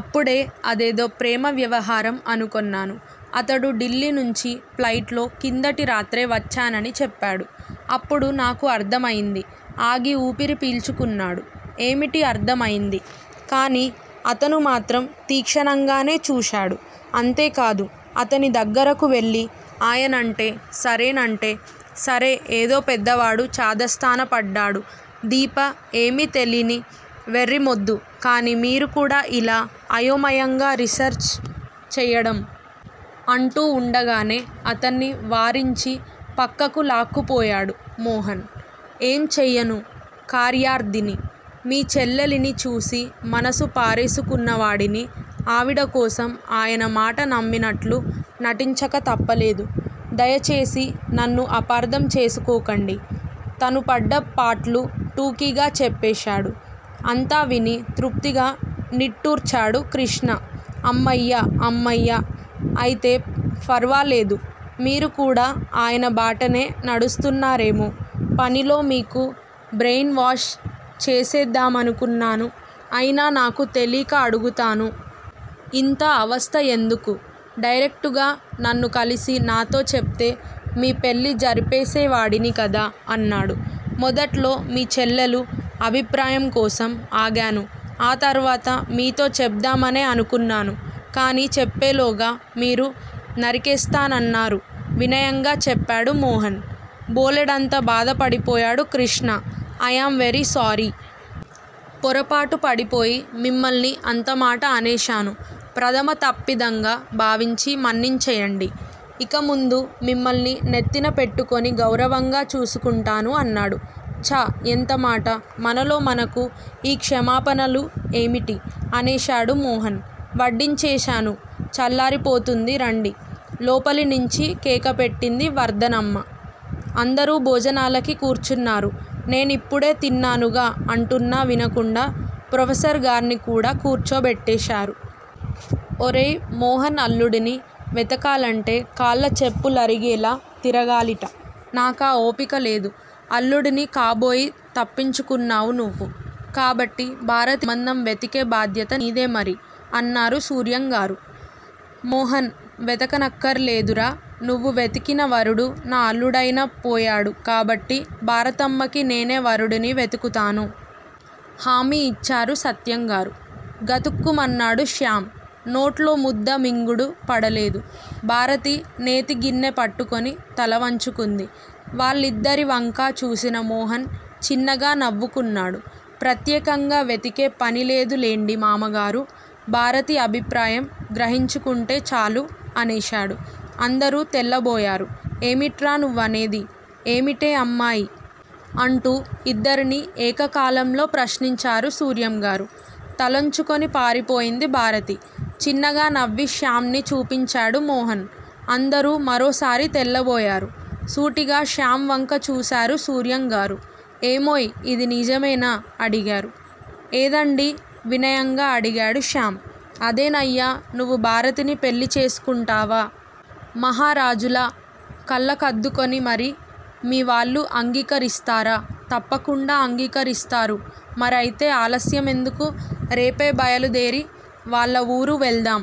అప్పుడే అదేదో ప్రేమ వ్యవహారం అనుకొన్నాను. అతడు ఢిల్లీ నుంచి ప్లైట్ లో కిందటి రాత్రే వచ్చానని చెపాడు. అప్పుడు నాకు అర్థం అయింది ఆగి ఊపిరి పీల్చుకున్నాడు. ఏమిటి అర్థం అయింది? కానీ అతనుమాత్రం తీక్షణంగానేచూశాడు. అంతే కాదు అతని దగ్గరకువెళ్ళి, ఆయనంటే సరేనంటే సరే ఏదో పెద్దవాడు చాదస్తాన పడ్డాడు దీప ఏమీతెలీని వెర్రి మొద్దు కానీ మీరు కూడా ఇలా అయోమయంగా రిసెర్చ్ చెయ్యడం! అంటూ వుండగానే అతన్ని వారించి పక్కకు లాక్కుపోయాడు మోహన్. ఏం చెయ్యను కార్యార్థిని. మీ చెల్లెలిని చూసి మనసు పారేసుకున్నవాడిని ఆవిడకోసం ఆయన మాట నమ్మినట్లు నటించక తప్పలేదు. దయచేసి నన్ను అపార్థం చేసుకోకండి తనుపడ్డ పాట్లు టూకీగా చెప్పేశాడు. అంతా విని తృప్తిగా నిట్టూర్చాడు క్రిష్ణ అమ్మయ్య అమ్మయ్య అయితే ఫర్వాలేదు మీరుకూడా ఆయన బాటనే నడుస్తున్నారేమో పనిలో మీకూ బ్రెయిన్ వాష్ చేసేద్దామనుకున్నాను అయినా నాకు తెలీక అడుగుతాను. ఇంత అవస్థయెందుకు? డైరెక్టుగా నన్ను కలిసి నాతొ చెప్తే మీ పెళ్ళి జరిపేసేవాడిని కదా! అన్నాడు. మొదట్లో మీ చెల్లెలు అభిప్రాయంకోసం ఆగాను ఆ తర్వాత మీతో చెప్దామనే అనుకున్నాను. కానీ చెప్పేలోగా మీరు నరికేస్తానన్నారు వినయంగా చెప్పాడు మోహన్. బోలెడంత బాధపడిపోయాడు కృష్ణ ఐయాం వెరీ సారీ! పొరపాటు పడిపోయి మిమ్మల్ని అంతమాట అనేశాను. ప్రధమ తప్పిదంగా భావించి మన్నించెయ్యండి. ఇక ముందు మిమ్మల్ని నెత్తిన పెట్టుకుని గౌరవంగా చూసుకుంటాను అన్నాడు. ఛ యెంతమాట మనలో మనకు ఈ క్షమాపణలు ఏమిటి? అనేశాడు మోహన్. వడ్డించేశాను చల్లారిపోతుంది రండి! లోపలినించి కేకపెట్టింది వర్ధనమ్మ. అందరూ భోజనాలకి కూర్చున్నారు నేనిప్పుడే తిన్నానుగా అంటున్నా వినకుండా ప్రొఫెసర్ గార్నికూడా కూర్చోబెట్టేశారు. ఒరేయ్ మోహన్ అల్లుడిని. వెతకాలంటే కాళ్ళ చెప్పలరిగేలా తిరగాలిట నాకా ఓపిక లేదు. అల్లుడిని కాబోయి తప్పించుకున్నావు నువ్వు. కాబట్టి భారతి బంధం వెతికే బాధ్యత నీదేమరి! అన్నారు సూర్యంగారు. మోహన్ వెతకనక్కరాలేదురా! నువ్వు వెతికిన వరుడు నా అల్లుడైనపోయాడు కాబట్టి భారతమ్మకి నేనే వరుడిని వెతుకుతాను! హామీ ఇచ్చారు సత్యంగారు. గతుక్కుమన్నాడు శ్యామ్. నోట్లో ముద్ద మింగుడు పడలేదు. భారతి నేతి గిన్నె పట్టుకొని తలవంచుకుంది. వాళ్ళిద్దరివంకా చూసిన మోహన్ చిన్నగా నవ్వుకున్నాడు. ప్రత్యేకంగా వెతికే పనిలేదులెండి మామగారూ! భారతి అభిప్రాయం గ్రహించుకుంటే చాలు అనేశాడు. అందరూ తెల్లబోయారు. ఏమిట్రా నువ్వనేది? ఏమిటే అమ్మాయ్? అంటూ ఇద్దరినీ ఏక కాలంలో ప్రశ్నించారు సూర్యంగారు. తలోంచుకోని పారిపోయింది భారతి. చిన్నగా నవ్వి శ్యామ్ ని చూపించాడు మోహన్. అందరూ మరోసారి తెల్లబోయారు. సూటిగా శ్యామ్ వంక చూసారు సూర్యంగారు. ఏమోయ్ ఇది నిజమేనా? అడిగారు. ఏదండీ? వినయంగా అడిగాడు శ్యామ్. అదేనయ్యా! నువ్వు భారతిని పెళ్ళి చేసుకుంటావా? మహారాజులా! కళ్ళకద్దుకొని మరి మీ వాళ్ళు అంగీకరిస్తారా? తప్పకుండా అంగీకరిస్తారు మరయితే ఆలస్యం ఎందుకు? రేపే బయలుదేరి వాళ్ళ వూరు వెళ్దాం.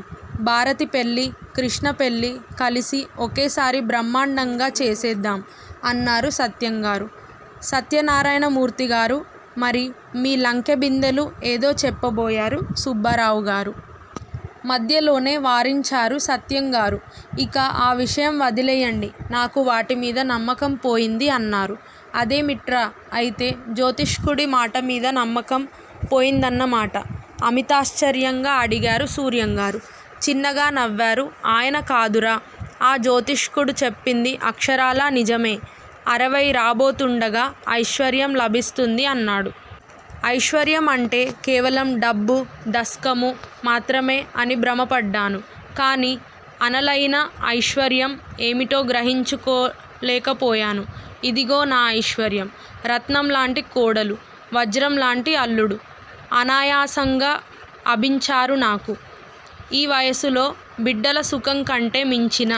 భారతి పెళ్ళి, కృష్ణ పెళ్ళి కలిసి ఒకేసారి బ్రహ్మాండంగా చేసేద్దాం! అన్నారు సత్యంగారు. సత్యనారాయణమూర్తిగారూ! మరి మీ లంకెబిందెలు ఏదో చెప్పబోయారు సుబ్బారావుగారు. మధ్యలోనే వారించారు సత్యంగారు ఇక ఆ విషయం వదిలెయ్యండి నాకు వాటిమీద నమ్మకం పోయింది అన్నారు. అదేమిట్రా అయితే జ్యోతిష్కుడి మాటమీద నమ్మకం పోయిందన్నమాట అమితాశ్చర్యంగా అడిగారు సూర్యంగారు. చిన్నగా నవ్వారు ఆయన కాదురా! ఆ జ్యోతిష్కుడు చెప్పింది అక్షరాలా నిజమే. అరవై రాబోతుండగా ఐశ్వర్యం లభిస్తుంది అన్నాడు. ఐశ్వర్యం అంటే కేవలం డబ్బు దస్కమూ మాత్రమే అని భ్రమపడ్డాను. కానీ అనలయిన ఐశ్వర్యం ఏమిటోగ్రహించుకోలేకపోయాను ఇదుగో నా ఐశ్వర్యం. రత్నంలాటి కోడలు, వజ్రంలాటిఅల్లుడు అనాయాసంగా అభించారు నాకు. ఈ వయసులో బిడ్డల సుఖంకంటే మించిన